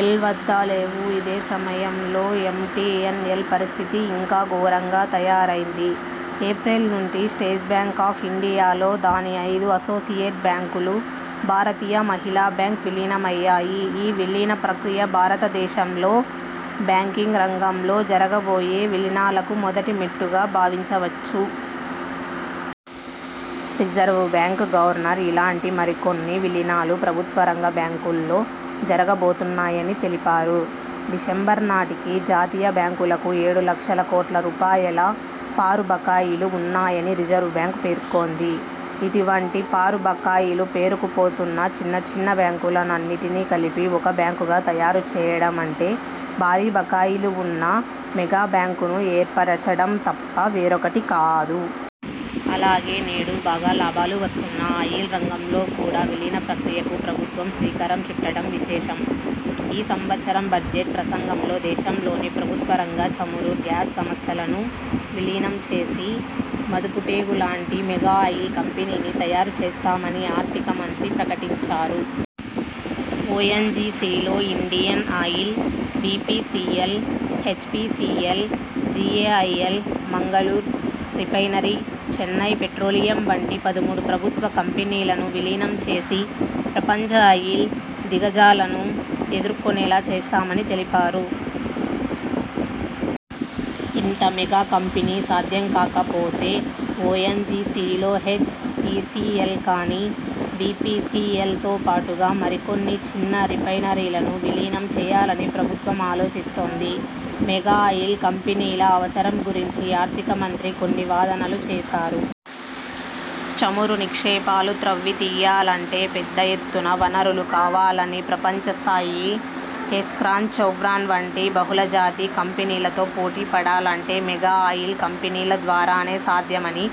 L వద్ద లేవు ఇదే సమయంలో ఎం. టి. ఎన్. ఎల్ పరిస్థితి ఇంకా ఘోరంగా తయారైంది. ఏప్రిల్ నుంచి స్టేట్ బ్యాంక్ ఆఫ్ ఇండియాలో దాని ఐదు అసోసియేట్ బ్యాంకులు, భారతీయ మహిళా బ్యాంకు విలీనమయ్యాయి. ఈ విలీన ప్రక్రియ భారతదేశంలో బ్యాంకింగ్ రంగంలో జరగబోయే విలీనాలకు మొదటి మెట్టుగా భావించవచ్చు. రిజర్వ్ బ్యాంకు గవర్నర్ ఇలాంటి మరికొన్ని విలీనాలు ప్రభుత్వరంగ బ్యాంకుల్లో జరగబోతున్నాయని తెలిపారు. డిసెంబర్ నాటికి జాతీయ బ్యాంకులకు ఏడు లక్షల కోట్ల రూపాయల పారు బకాయిలు ఉన్నాయని రిజర్వ్ బ్యాంకు పేర్కొంది. ఇటువంటి పారు బకాయిలు పేరుకుపోతున్న చిన్న చిన్న బ్యాంకులను అన్నింటిని కలిపి ఒక బ్యాంకుగా తయారు చేయడం అంటే భారీ బకాయిలు వున్న మెగా బ్యాంకును ఏర్పరచడం తప్ప వేరొకటి కాదు. అలాగే, నేడు బాగా లాభాలు వస్తున్న ఆయిల్ రంగంలో కూడా విలీన ప్రక్రియకు ప్రభుత్వం శ్రీకారం చుట్టడం విశేషం. ఈ సంవత్సర బడ్జెట్ ప్రసంగంలో దేశంలోని ప్రభుత్వరంగ చమురు, గ్యాస్ సంస్థలను విలీనం చేసి మదపుటేనుగులాంటి మెగా ఆయిల్ కంపెనీని తయారు చేస్తామని ఆర్ధిక మంత్రి ప్రకటించారు. ఒ. ఎన్. జి. సిలో Indian oil, B. P. C. L, H. P. C. L, G. A. I. L, Mangaluru refinery, Chennai petroleum వంటి పదమూడు ప్రభుత్వ కంపెనీలను విలీనం చేసి ప్రపంచ ఆయిల్ దిగ్గజాలను ఎదుర్కొనేలా చేస్తామని తెలిపారు. ఇంత మెగా కంపెనీ సాధ్యం కాకపోతే, ఒ. ఎన్. జి. సిలో హెచ్. పి. సి. ఎల్ కాని, బి. పి. సి. ఎల్ తోపాటుగా మరికొన్ని చిన్న రిఫైనరీలను విలీనం చేయాలని ప్రభుత్వం ఆలోచిస్తోంది. మెగా ఆయిల్ కంపెనీల అవసరం గురించి ఆర్ధిక మంత్రి కొన్ని వాదనలు చేశారు. చమురు నిక్షేపాలు త్రవ్వి తీయాలంటే పెద్దఎత్తున వనరులు కావాలని, ప్రపంచస్థాయి ఎక్సాన్, చెవ్రాన్ వంటి బహుళజాతి కంపెనీలతో పోటీ పడాలంటే మెగా ఆయిల్ కంపెనీల ద్వారానే సాధ్యమని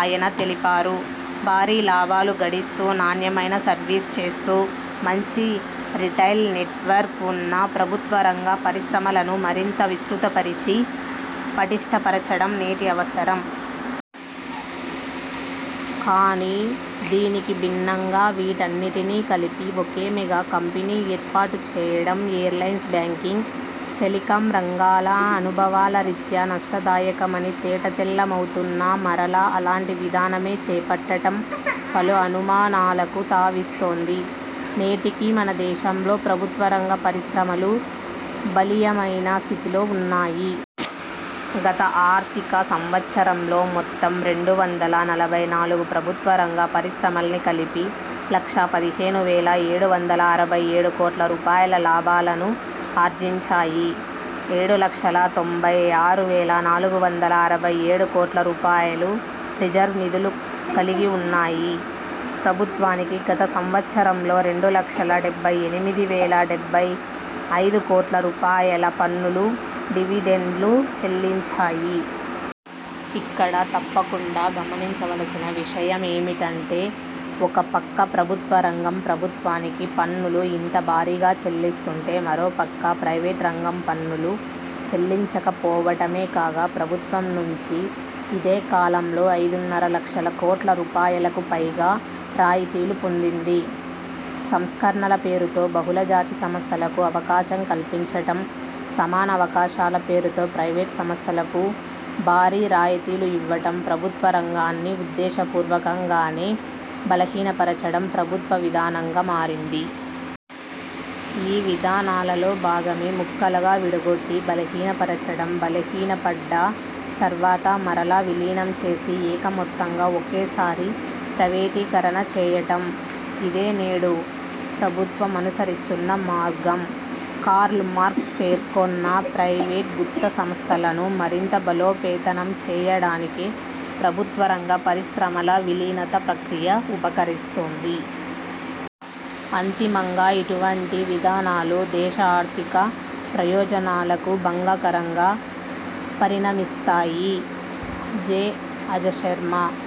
ఆయన తెలిపారు. భారీ లాభాలు గడిస్తూ, నాణ్యమైన సర్వీసు చేస్తూ, మంచి రిటైల్ నెట్వర్క్ వున్న ప్రభుత్వరంగ పరిశ్రమలను మరింత విస్తృతపరిచి పటిష్టపరచడం నేటి అవసరం. కాని దీనికి భిన్నంగా వీటన్నింటినీ కలిపి ఒకే మెగా కంపెనీ ఏర్పాటు చేయడం ఎయిర్లైన్స్, బ్యాంకింగ్, టెలికాం రంగాల అనుభవాల రీత్యా నష్టదాయకమని తేటతెల్లమవుతున్నా మరలా అలాంటి విధానమే చేపట్టడం పలు అనుమానాలకు తావిస్తోంది. నేటికీ మన దేశంలో ప్రభుత్వరంగ పరిశ్రమలు బలీయమైన స్థితిలో వున్నాయి. గత ఆర్ధిక సంవత్సరంలో మొత్తం రెండు వందల నలభై నాలుగు ప్రభుత్వరంగ పరిశ్రమలన్నీ కలిపి లక్షా పదిహేనువేల ఏడు వందల అరవై ఏడుకోట్ల రూపాయల లాభాలను ఆర్జించాయి. ఏడులక్షల తొంభై ఆరువేల నాలుగు వందల అరవై ఏడుకోట్ల రూపాయలు రిజర్వ్ నిధులు కలిగి వున్నాయి. ప్రభుత్వానికి గత సంవత్సరంలో రెండులక్షల డెబ్బై ఎనిమిదివేల డెబ్బై ఐదుకోట్ల రూపాయలు పన్నులు, డివిడెండ్లు చెల్లించాయి. ఇక్కడ తప్పకుండా గమనించవలసిన విషమేమిటంటే ఒక ప్రక్క ప్రభుత్వరంగం ప్రభుత్వానికి పన్నులు ఇంత భారీగా చెల్లిస్తుంటే మరో ప్రక్క ప్రైవేట్ రంగం పన్నులు చెల్లించకపోవడమే కాక ప్రభుత్వం నుంచి ఇదే కాలంలో ఐదున్నర లక్షల కోట్ల రూపాయలకు పైగా రాయితీలు పొందింది. సంస్కరణల పేరుతో బహుళజాతి సంస్థలకు అవకాశం కల్పించడం, సమాన అవకాశాలు పేరుతో ప్రైవేట్ సంస్థలకు భారీ రాయితీలు ఇవ్వడం, ప్రభుత్వరంగాన్ని ఉద్దేశపూర్వకంగానే బలహీనపరచడం ప్రభుత్వ విధానంగా మారింది. ఈ విధానాలలో భాగమే ముక్కలుగా విడగొట్టి బలహీనపరచడం, బలహీనపడ్డ తరువాత మరలా విలీనం చేసి ఏకమొత్తంగా ఒకేసారి ప్రైవేటీకరణ చేయడం. ఇదే నేడు ప్రభుత్వం అనుసరిస్తున్న మార్గం. కార్ల్ మార్క్స్ పేర్కొన్న ప్రైవేట్ గుత్త సంస్థలను మరింత బలోపేతం చేయడానికే ప్రభుత్వరంగ పరిశ్రమల విలీన ప్రక్రియ ఉపకరిస్తుంది. అంతిమంగా ఇటువంటి విధానాలు దేశ ఆర్ధిక ప్రయోజనాలకు భంగకరంగా పరిణమిస్తాయి. జే. అజశర్మ